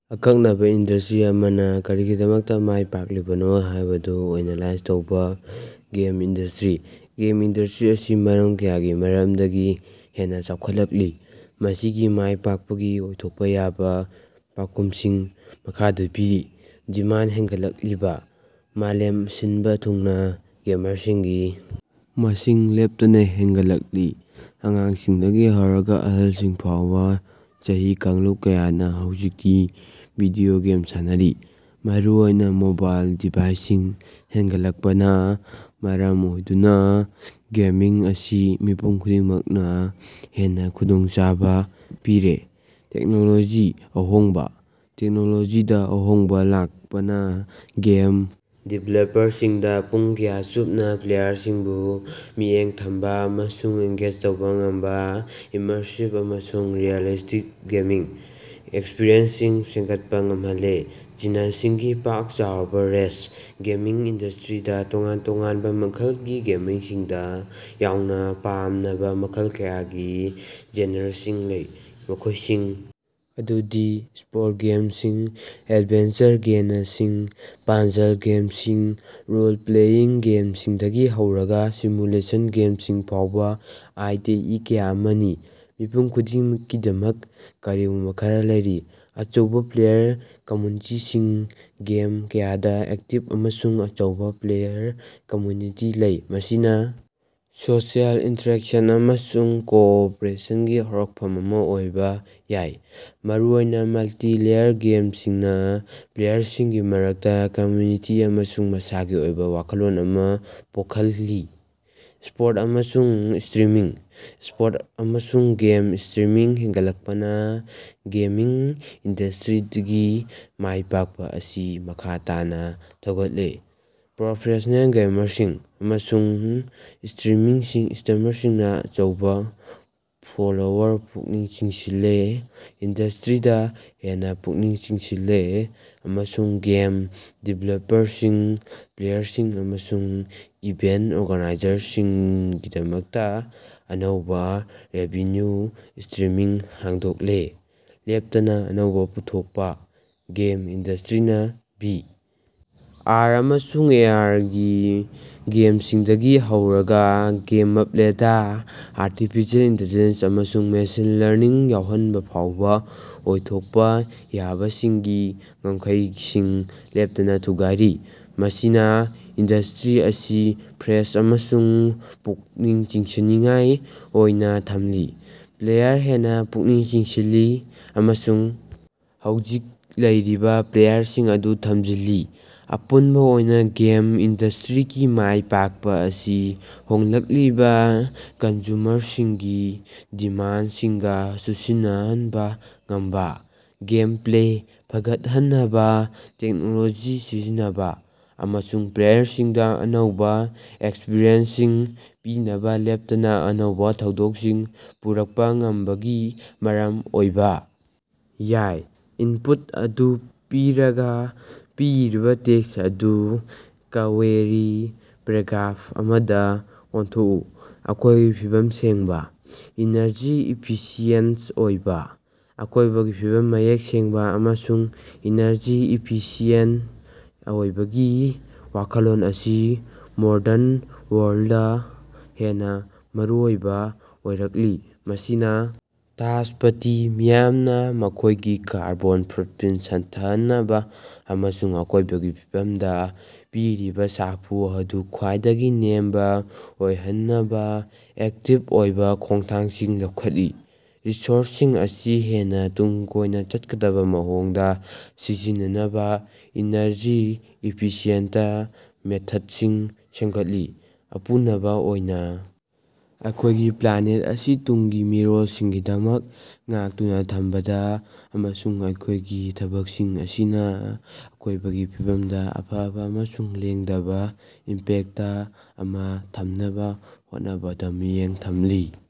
ꯑꯀꯛꯅꯕ ꯏꯟꯗꯁꯇꯔꯤ ꯑꯃꯅ ꯀꯔꯤꯒꯤꯗꯃꯛꯇ ꯃꯥꯏ ꯄꯥꯛꯂꯤꯕꯅꯣ ꯍꯥꯏꯕꯗꯨ ꯑꯦꯅꯥꯂꯥꯏꯖ ꯇꯧꯕꯥ꯫ Game industry. ꯒꯦꯝ ꯏꯟꯗꯁꯇꯔꯤ ꯑꯁꯤ ꯃꯔꯝ ꯀꯌꯥꯒꯤ ꯃꯔꯝꯗꯒꯤ ꯍꯦꯟꯅꯥ ꯆꯥꯎꯈꯠꯂꯛꯂꯤ꯫ ꯃꯁꯤꯒꯤ ꯃꯥꯏ ꯄꯥꯛꯄꯒꯤ ꯑꯣꯏꯊꯣꯛꯄ ꯌꯥꯕꯥ ꯄꯥꯎꯈꯨꯝꯁꯤꯡ ꯃꯈꯥꯗ ꯄꯤꯔꯤ: ꯗꯤꯃꯥꯟꯗ ꯍꯦꯡꯒꯠꯂꯛꯂꯤꯕ: ꯃꯥꯂꯦꯝ ꯁꯤꯟꯕ ꯊꯨꯡꯅ ꯒꯦꯃꯔꯁꯤꯡꯒꯤ ꯃꯁꯤꯡ ꯂꯦꯞꯇꯅꯥ ꯍꯦꯡꯒꯠꯂꯛꯂꯤ꯫ ꯑꯉꯥꯡꯁꯤꯡꯗꯒꯤ ꯍꯧꯔꯒꯥ ꯑꯍꯜꯁꯤꯡ ꯐꯥꯎꯕꯥ, ꯆꯍꯤ ꯀꯥꯡꯂꯨꯞ ꯀꯌꯥꯅꯥ ꯍꯧꯖꯤꯛꯇꯤ ꯚꯤꯗꯤꯑꯣ ꯒꯦꯝ ꯁꯥꯟꯅꯔꯤ, ꯃꯔꯨꯑꯣꯏꯅꯥ ꯃꯣꯕꯥꯏꯜ ꯗꯤꯚꯥꯏꯁꯁꯤꯡ ꯍꯦꯡꯒꯠꯂꯛꯄꯅꯥ ꯃꯔꯝ ꯑꯣꯏꯗꯨꯅꯥ ꯒꯦꯃꯤꯡ ꯑꯁꯤ ꯃꯤꯄꯨꯝ ꯈꯨꯗꯤꯡꯃꯛꯅꯥ ꯍꯦꯟꯅꯥ ꯈꯨꯗꯣꯡꯆꯥꯕꯥ ꯄꯤꯔꯦ꯫ ꯇꯦꯛꯅꯣꯂꯣꯖꯤꯒꯤ ꯑꯍꯣꯡꯕꯥ: ꯇꯦꯛꯅꯣꯂꯣꯖꯤꯗꯥ ꯑꯍꯣꯡꯕꯥ ꯂꯥꯛꯄꯅ ꯒꯦꯝ ꯗꯤꯕꯦꯂꯄꯔꯁꯤꯡꯗꯥ ꯄꯨꯡ ꯀꯌꯥ ꯆꯨꯞꯅ ꯄ꯭ꯂꯦꯌꯔꯁꯤꯡꯕꯨ ꯃꯤꯠꯌꯦꯡ ꯊꯝꯕꯥ ꯑꯃꯁꯨꯡ ꯑꯦꯡꯒꯦꯖ ꯇꯧꯕꯥ ꯉꯝꯕꯥ ꯏꯃꯔꯁꯤꯕ ꯑꯃꯁꯨꯡ ꯔꯤꯑꯦꯂꯤꯁꯇꯤꯛ ꯒꯦꯃꯤꯡ ꯑꯦꯛꯁꯄꯔꯤꯌꯦꯟꯁꯁꯤꯡ ꯁꯦꯃꯒꯠꯄ ꯉꯝꯍꯜꯂꯦ꯫ ꯖꯤꯅꯁꯤꯡꯒꯤ ꯄꯥꯛ-ꯆꯥꯎꯔꯕꯥ ꯔꯦꯟꯖ: ꯒꯦꯃꯤꯡ ꯏꯟꯗꯁꯇꯔꯤꯗꯥ ꯇꯣꯉꯥꯟ-ꯇꯣꯉꯥꯟꯕ ꯃꯈꯜꯒꯤ ꯒꯦꯃꯔꯁꯤꯡꯗ ꯌꯥꯎꯅ ꯄꯥꯝꯅꯕ ꯃꯈꯜ ꯀꯌꯥꯒꯤ ꯖꯦꯟꯔꯁꯤꯡ ꯂꯩ, ꯃꯈꯣꯏꯁꯤꯡ ꯑꯗꯨꯗꯤ ꯁ꯭ꯄꯣꯔꯠꯁ ꯒꯦꯝꯁꯤꯡ, ꯑꯦꯗꯚꯦꯟꯆꯔ ꯒꯦꯅꯁꯤꯡ, ꯄꯥꯖꯜ ꯒꯦꯝꯁꯤꯡ, ꯔꯣꯜ-ꯄ꯭ꯂꯦꯌꯤꯡ ꯒꯦꯝꯁꯤꯡꯗꯒꯤ ꯍꯧꯔꯒꯥ ꯁꯤꯃꯨꯂꯦꯁꯟ ꯒꯦꯝꯁꯤꯡ ꯐꯥꯎꯕꯥ, ꯑꯇꯦꯏ ꯀꯌꯥ ꯑꯃꯅꯤ꯫ ꯃꯤꯄꯨꯝ ꯈꯨꯗꯤꯡꯃꯛꯀꯤꯗꯃꯛ ꯀꯔꯤꯒꯨꯝꯕꯥ ꯈꯔꯥ ꯂꯩꯔꯤ꯫ ꯑꯆꯧꯕꯥ ꯄ꯭ꯂꯦꯌꯔ ꯀꯝꯃ꯭ꯌꯨꯅꯤꯇꯤꯁꯤꯡ: ꯒꯦꯝ ꯀꯌꯥꯗꯥ ꯑꯦꯛꯇꯤꯕ ꯑꯃꯁꯨꯡ ꯑꯆꯧꯕꯥ ꯄ꯭ꯂꯦꯌꯔ ꯀꯝꯃ꯭ꯌꯨꯅꯤꯇꯤ ꯂꯩ, ꯃꯁꯤꯅꯥ ꯁꯣꯁꯤꯑꯦꯜ ꯏꯟꯇꯔꯦꯛꯁꯟ ꯑꯃꯁꯨꯡ ꯀꯣꯑꯣꯄꯔꯦꯁꯟꯒꯤ ꯍꯧꯔꯛꯐꯝ ꯑꯃ ꯑꯣꯏꯕ ꯌꯥꯏ꯫ ꯃꯔꯨꯑꯣꯏꯅ ꯃꯜꯇꯤꯞꯂꯦꯌꯔ ꯒꯦꯃꯁꯤꯡꯅ ꯄ꯭ꯂꯦꯌꯔꯁꯤꯡꯒꯤ ꯃꯔꯛꯇꯥ ꯀꯝꯌꯨꯅꯤꯇꯤ ꯑꯃꯁꯨꯡ ꯃꯁꯥꯒꯤ ꯑꯣꯏꯕ ꯋꯥꯈꯜꯂꯣꯟ ꯑꯃ ꯄꯣꯈꯜꯂꯤ꯫ ꯏꯁ꯭ꯄꯣꯔꯠꯁ ꯑꯃꯁꯨꯡ ꯁ꯭ꯠꯔꯤꯃꯤꯡ: ꯏꯁ꯭ꯄꯣꯔꯠꯁ ꯑꯃꯁꯨꯡ ꯒꯦꯝ ꯁ꯭ꯇꯔꯤꯃꯤꯡ ꯍꯦꯡꯒꯠꯂꯛꯄꯅꯥ ꯒꯦꯃꯤꯡ ꯏꯟꯗꯁꯇꯔꯤꯒꯤ ꯃꯥꯏꯄꯥꯛꯄ ꯑꯁꯤ ꯃꯈꯥ ꯇꯥꯅ ꯊꯧꯒꯠꯂꯦ꯫ ꯄ꯭ꯔꯣꯐꯦꯁ꯭ꯅꯦꯜ ꯒꯦꯃꯔꯁꯤꯡ ꯑꯃꯁꯨꯡ ꯁꯇꯔꯤꯃꯔꯁꯤꯡꯅ ꯑꯆꯧꯕ ꯐꯣꯂꯣꯋꯔꯁꯤꯡ ꯄꯨꯛꯅꯤꯡ ꯆꯤꯡꯁꯤꯜꯂꯦ, ꯏꯟꯗꯁꯇꯔꯤꯗ ꯍꯦꯟꯅ ꯄꯨꯛꯅꯤꯡ ꯆꯪꯍꯜꯂꯦ ꯑꯃꯁꯨꯡ ꯒꯦꯝ ꯗꯤꯕꯦꯂꯄꯔꯁꯤꯡ, ꯄ꯭ꯂꯦꯌꯔꯁꯤꯡ ꯑꯃꯁꯨꯡ ꯏꯚꯦꯟꯠ ꯑꯣꯔꯒꯅꯥꯏꯖꯔꯁꯤꯡꯒꯤꯗꯃꯛꯇ ꯑꯅꯧꯕ ꯔꯦꯚꯤꯟꯌꯨ ꯁ꯭ꯇꯔꯤꯝꯁꯤꯡ ꯍꯥꯡꯗꯣꯛꯂꯦ꯫ ꯂꯦꯞꯇꯅꯥ ꯑꯅꯧꯕꯥ ꯄꯨꯊꯣꯛꯄꯥ: ꯒꯦꯝ ꯏꯟꯗꯁꯇꯔꯤꯅꯥ ꯚꯤ. ꯑꯥꯔ. ꯑꯃꯁꯨꯡ ꯑꯦ. ꯑꯥꯔ. ꯒꯤ ꯒꯦꯃꯁꯤꯡꯗꯒꯤ ꯍꯧꯔꯒꯥ ꯒꯦꯃꯞꯂꯦꯗꯥ ꯑꯥꯔꯇꯤꯐꯤꯁꯤꯑꯦꯜ ꯏꯟꯇꯦꯂꯤꯖꯦꯟꯁ ꯑꯃꯁꯨꯡ ꯃꯦꯁꯤꯟ ꯂꯔꯅꯤꯡ ꯌꯥꯎꯍꯟꯕꯐꯥꯎꯕꯥ ꯑꯣꯏꯊꯣꯛꯄ ꯌꯥꯕꯁꯤꯡꯒꯤ ꯉꯝꯈꯩꯁꯤꯡ ꯂꯦꯞꯇꯅ ꯊꯨꯒꯥꯏꯔꯤ꯫ ꯃꯁꯤꯅꯥ ꯏꯟꯗꯁꯇꯔꯤ ꯑꯁꯤ ꯐ꯭ꯔꯦꯁ ꯑꯃꯁꯨꯡ ꯄꯨꯛꯅꯤꯡ ꯆꯤꯡꯁꯤꯟꯅꯤꯡꯉꯥꯏ ꯑꯣꯏꯅꯥ ꯊꯝꯂꯤ, ꯄ꯭ꯂꯦꯌꯔ ꯍꯦꯟꯅꯥ ꯄꯨꯛꯅꯤꯡ ꯆꯤꯡꯁꯤꯜꯂꯤ, ꯑꯃꯁꯨꯡ ꯍꯧꯖꯤꯛ ꯂꯩꯔꯤꯕ ꯄ꯭ꯂꯦꯌꯔꯁꯤꯡ ꯑꯗꯨ ꯊꯝꯖꯤꯜꯂꯤ꯫ ꯑꯄꯨꯟꯕ ꯑꯣꯏꯅ ꯒꯦꯝ ꯏꯟꯗꯁꯇꯔꯤꯒꯤ ꯃꯥꯏ ꯄꯥꯛꯄ ꯑꯁꯤ ꯍꯣꯡꯂꯛꯂꯤꯕ ꯀꯟꯖꯨꯃꯔꯁꯤꯡꯒꯤ ꯗꯤꯃꯥꯟꯗꯁꯤꯡꯒ ꯆꯨꯁꯤꯟꯅꯍꯟꯕ ꯉꯝꯕ, ꯒꯦꯝꯄ꯭ꯂꯦ ꯐꯒꯠꯍꯟꯅꯕ ꯇꯦꯛꯅꯣꯂꯣꯖꯤ ꯁꯤꯖꯤꯟꯅꯕ, ꯑꯃꯁꯨꯡ ꯄ꯭ꯂꯦꯌꯔꯁꯤꯡꯗꯥ ꯑꯅꯧꯕ ꯑꯦꯛꯁꯄꯔꯤꯌꯦꯟꯁꯁꯤꯡ ꯄꯤꯅꯕ ꯂꯦꯞꯇꯅ ꯑꯅꯧꯕ ꯊꯧꯑꯣꯡꯁꯤꯡ ꯄꯨꯔꯛꯄ ꯉꯝꯕꯒꯤ ꯃꯔꯝ ꯑꯣꯏꯕꯥ ꯌꯥꯏ꯫ ꯏꯅꯄꯨꯠ ꯑꯗꯨ ꯄꯤꯔꯒ, ꯄꯤꯔꯤꯕ ꯇꯦꯛꯁ ꯑꯗꯨ ꯀ꯭ꯋꯦꯔꯤ ꯄꯦꯔꯥꯒ꯭ꯔꯥꯐ ꯑꯃꯗ ꯑꯣꯟꯊꯣꯛꯎ꯫ ꯑꯀꯣꯏꯕꯒꯤ ꯐꯤꯕꯝ ꯁꯦꯡꯕ, ꯏꯅꯔꯖꯤ ꯏꯐꯤꯁꯤꯌꯦꯟꯠ ꯑꯣꯏꯕ꯫ ꯑꯀꯣꯏꯕꯒꯤ ꯐꯤꯕꯝ ꯃꯌꯦꯛ ꯁꯦꯡꯕ ꯑꯃꯁꯨꯡ ꯏꯅꯔꯖꯤ ꯏꯐꯤꯁꯤꯌꯦꯟꯠ ꯑꯣꯏꯕꯒꯤ ꯋꯥꯈꯜꯂꯣꯟ ꯑꯁꯤ ꯃꯣꯗꯔꯟ ꯋꯥꯔꯜꯗꯇ ꯍꯦꯟꯅ ꯃꯔꯨꯑꯣꯏꯕ ꯑꯣꯏꯔꯛꯂꯤ꯫ ꯃꯁꯤꯅ ꯇꯥꯖꯄꯗꯤ ꯃꯤꯌꯥꯝꯅꯥ ꯃꯈꯣꯏꯒꯤ ꯀꯥꯔꯕꯣꯟ ꯐꯨꯠꯄ꯭ꯔꯤꯟꯠ ꯍꯟꯊꯍꯟꯅꯕ ꯑꯃꯁꯨꯡ ꯑꯀꯣꯏꯕꯒꯤ ꯐꯤꯕꯝꯗ ꯄꯤꯔꯤꯕꯥ ꯁꯥꯐꯨ ꯑꯗꯨ ꯈ꯭ꯋꯥꯏꯗꯒꯤ ꯅꯦꯝꯕ ꯑꯣꯏꯍꯟꯅꯕ ꯑꯦꯛꯇꯤꯕ ꯑꯣꯏꯕꯥ ꯈꯣꯡꯊꯥꯡꯁꯤꯡ ꯂꯧꯈꯠꯂꯤ꯫ ꯔꯤꯁꯣꯔꯁꯁꯤꯡ ꯑꯁꯤ ꯍꯦꯟꯅ ꯇꯨꯡ ꯀꯣꯏꯅꯥ ꯆꯠꯀꯗꯕ ꯃꯑꯣꯡꯗ ꯁꯤꯖꯤꯟꯅꯅꯕꯥ ꯏꯅꯔꯖꯤ ꯏꯐꯤꯁꯤꯌꯦꯟꯇ ꯃꯦꯊꯗꯁꯤꯡ ꯁꯦꯝꯒꯠꯂꯤ꯫ ꯑꯄꯨꯅꯕꯥ ꯑꯣꯏꯅꯥ ꯑꯩꯈꯣꯏꯒꯤ ꯄ꯭ꯂꯥꯅꯦꯠ ꯑꯁꯤ ꯇꯨꯡꯒꯤ ꯃꯤꯔꯣꯜꯁꯤꯡꯒꯤꯗꯃꯛ ꯉꯥꯛꯇꯨꯅꯥ ꯊꯝꯕꯗꯥ ꯑꯃꯁꯨꯡ ꯑꯩꯈꯣꯌꯒꯤ ꯊꯕꯛꯁꯤꯡ ꯑꯁꯤꯅ ꯑꯀꯣꯏꯕꯒꯤ ꯐꯤꯕꯝꯗꯥ ꯑꯐꯕ ꯑꯃꯁꯨꯡ ꯂꯦꯡꯗꯕꯥ ꯏꯝꯄꯦꯛꯇ ꯑꯃꯥ ꯊꯝꯅꯕꯥ ꯍꯣꯠꯅꯕꯗ ꯃꯤꯠꯌꯦꯡ ꯊꯝꯂꯤ꯫